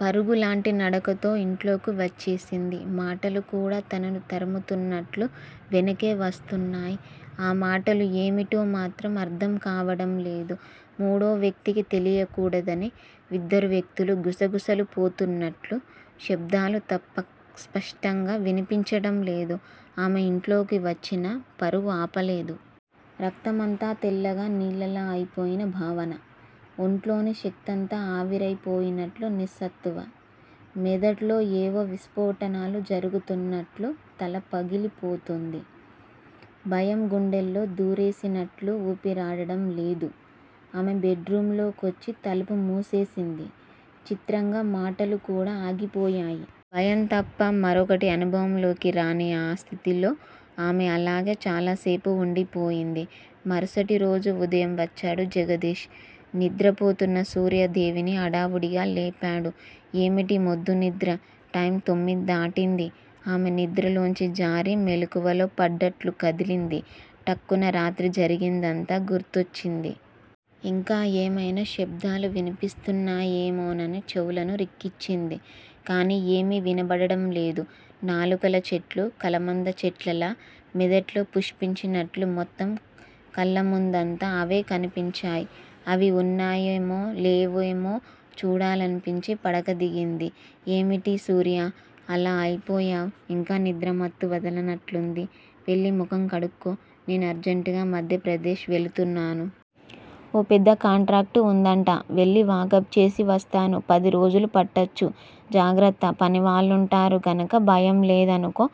పరుగులాంటి నడకతో ఇంట్లోకి వచ్చేసింది. మాటలు కూడా తనను తరుముతున్నట్లు వెనకే వస్తున్నాయి. ఆ మాటలు ఏమిటో మాత్రం అర్ధం కావడం లేదు. మూడో వ్యక్తికి తెలియకూడదని ఇద్దరు వ్యక్తులు గుసగుసలు పోతున్నట్లు శబ్ధాలు తప్ప స్పష్టంగా వినిపించడం లేదు. ఆమె ఇంట్లోకి వచ్చినా పరుగు ఆపలేదు. రక్తం అంతా తెల్లగా నీళ్ళలా అయిపోయిన భావన. ఒంట్లోని శక్తంతా ఆవిరయి పోయినట్లు నిస్సత్తువ. మెదడులో యేవో విస్ఫోటనాలు జరుగుతున్నట్లు తల పగిలిపోతోంది. భయం గుండెల్లో దూరేసినట్లు ఊపిరాడడం లేదు. ఆమె బెడ్ రూమ్ లో కొచ్చి తలుపు మూసేసింది. చిత్రంగా మాటలు కూడా ఆగిపోయాయి. భయంతప్ప మరొకటి అనుభవంలోకి రాని ఆ స్థితిలో ఆమె అలాగే చాలాసేపు వుండిపోయింది. మరుసటిరోజు ఉదయం వచ్చాడు జగదీష్. నిద్రపోతున్న సూర్యాదేవిని హడావుడిగా లేపాడు. ఏమిటీ మొద్దునిద్ర? టైమ్ తొమ్మిది దాటింది ఆమె నిద్రలోంచి జారి మెలకువలో పడ్డట్లు కదిలింది. ఠక్కున రాత్రి జరిగినదంతా గుర్తొచ్చింది. ఇంకా ఏమయినా శబ్ధాలు వినిపిస్తున్నాయేమోనని చెవులను రిక్కించింది. కానీ ఏమీ వినబడటంలేదు. నాలుకల చెట్లు కలబంద చెట్లలా మెదడులో పుష్పించినట్లు మొత్తం కళ్ళముందంతా అవే కనిపించాయి. అవి వున్నాయో లేవోనని చూడాలనిపించి పడక దిగింది. ఏమిటి సూర్యా! అలా అయిపోయావు? ఇంకా నిద్రమత్తు వదలనట్లుంది. వెళ్ళి ముఖం కడుక్కో నేను అర్జంటుగా మధ్యప్రదేశ్ వెళుతున్నాను. ఓ పెద్ద కాంట్రాక్టు వుందట. వెళ్ళి వాకబుచేసి వస్తాను. పదిరోజులు పట్టచ్చు. జాగ్రత్త పనివాళ్ళుంటారు. కనుక భయం లేదనుకో.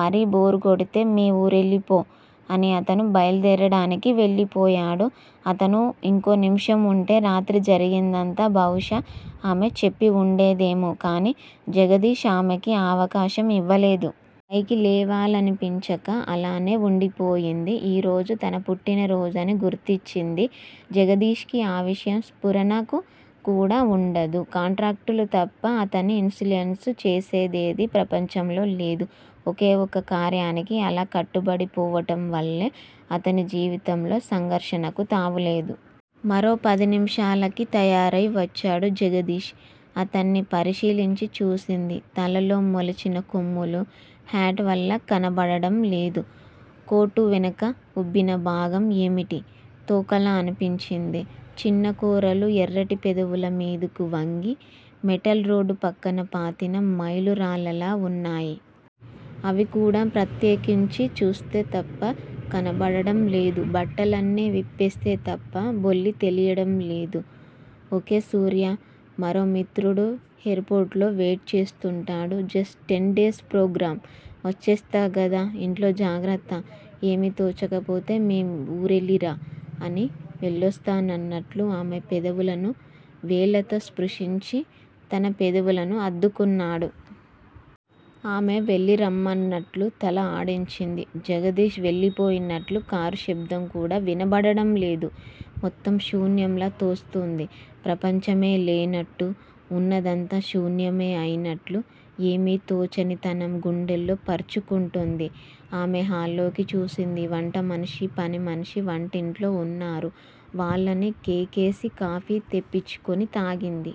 మరీ బోర్ కొడితే మీ ఊరెళ్ళిపో అని అతను బయల్దేరడానికి వెళ్ళిపోయాడు. అతను ఇంకో నిముషం వుంటే రాత్రి జరిగినదంతా బహుశా ఆమె చెప్పి వుండేదేమో కానీ జగదీష్ ఆమెకి ఆ అవకాశం ఇవ్వలేదు. పైకి లేవాలనిపించక అలానే వుండిపోయింది. ఈరోజు తన పుట్టిన రోజని గుర్తిచ్చింది. జగదీష్ కి ఆ విషయం స్ఫురణకు కూడా వుండదు. కాంట్రాక్టులు తప్ప అతన్ని ఇన్సులియన్స్ చేసేదేదీ ప్రపంచంలో లేదు. ఒకే ఒక్క కార్యానికి అలా కట్టుబడి పోవడం వల్లే అతని జీవితంలో సంఘర్షణకు తావులేదు. మరో పదినిముషాలకి తయారై వచ్చాడు జగదీష్. అతన్ని పరిశీలించి చూసింది. తలలో మొలిచిన కొమ్ములు హ్యాట్ వల్ల కనబడడంలేదు. కోటు వెనుక ఉబ్భిన భాగం ఏమిటి? తోకలా అనిపించింది. చిన్న కోరలు ఎర్రటి పెదవుల మీదకు వంగి మెటల్ రోడ్డు పక్కన పాతిన మైలురాళ్ళలా వున్నాయి. అవి కూడా ప్రత్యేకించి చూస్తే తప్ప కనిపించడం లేదు. బట్టలన్నీ విప్పేస్తే తప్ప బొల్లి తెలియడం లేదు. ఓకే సూర్యా! మరో మిత్రుడు ఎయిర్ పోర్ట్ లో వెయిట్ చేస్తుంటాడు. జస్ట్ టెన్ డేస్ ప్రోగ్రామ్ వచ్చేస్తా గదా ఇంట్లో జాగ్రత్త ఏమీ తోచకపోతే మీ ఊరెళ్ళిరా అని వెళ్ళొస్తానన్నట్లు ఆమె పెదవులను వేళ్ళతో స్ప్రుశించి తన పెదవులను అద్దుకున్నాడు. ఆమె వెళ్ళిరమ్మన్నట్లు తల ఆడించింది. జగదీష్ వెళ్ళిపోయినట్లు కారు శబ్దం కూడా వినబడటం లేదు. మొత్తం శూన్యంలా తోస్తోంది. ప్రపంచమే లేనట్లు, వున్నదంతా శూన్యమే అయినట్లు ఏమీ తోచనితనం గుండెల్లో పరుచుకుంటోంది. ఆమె హాల్లోకి చూసింది. వంట మనిషి, పనిమనిషీ వంటింట్లో వున్నారు. వాళ్ళని కేకేసి కాఫీ తెప్పించుకుని తాగింది.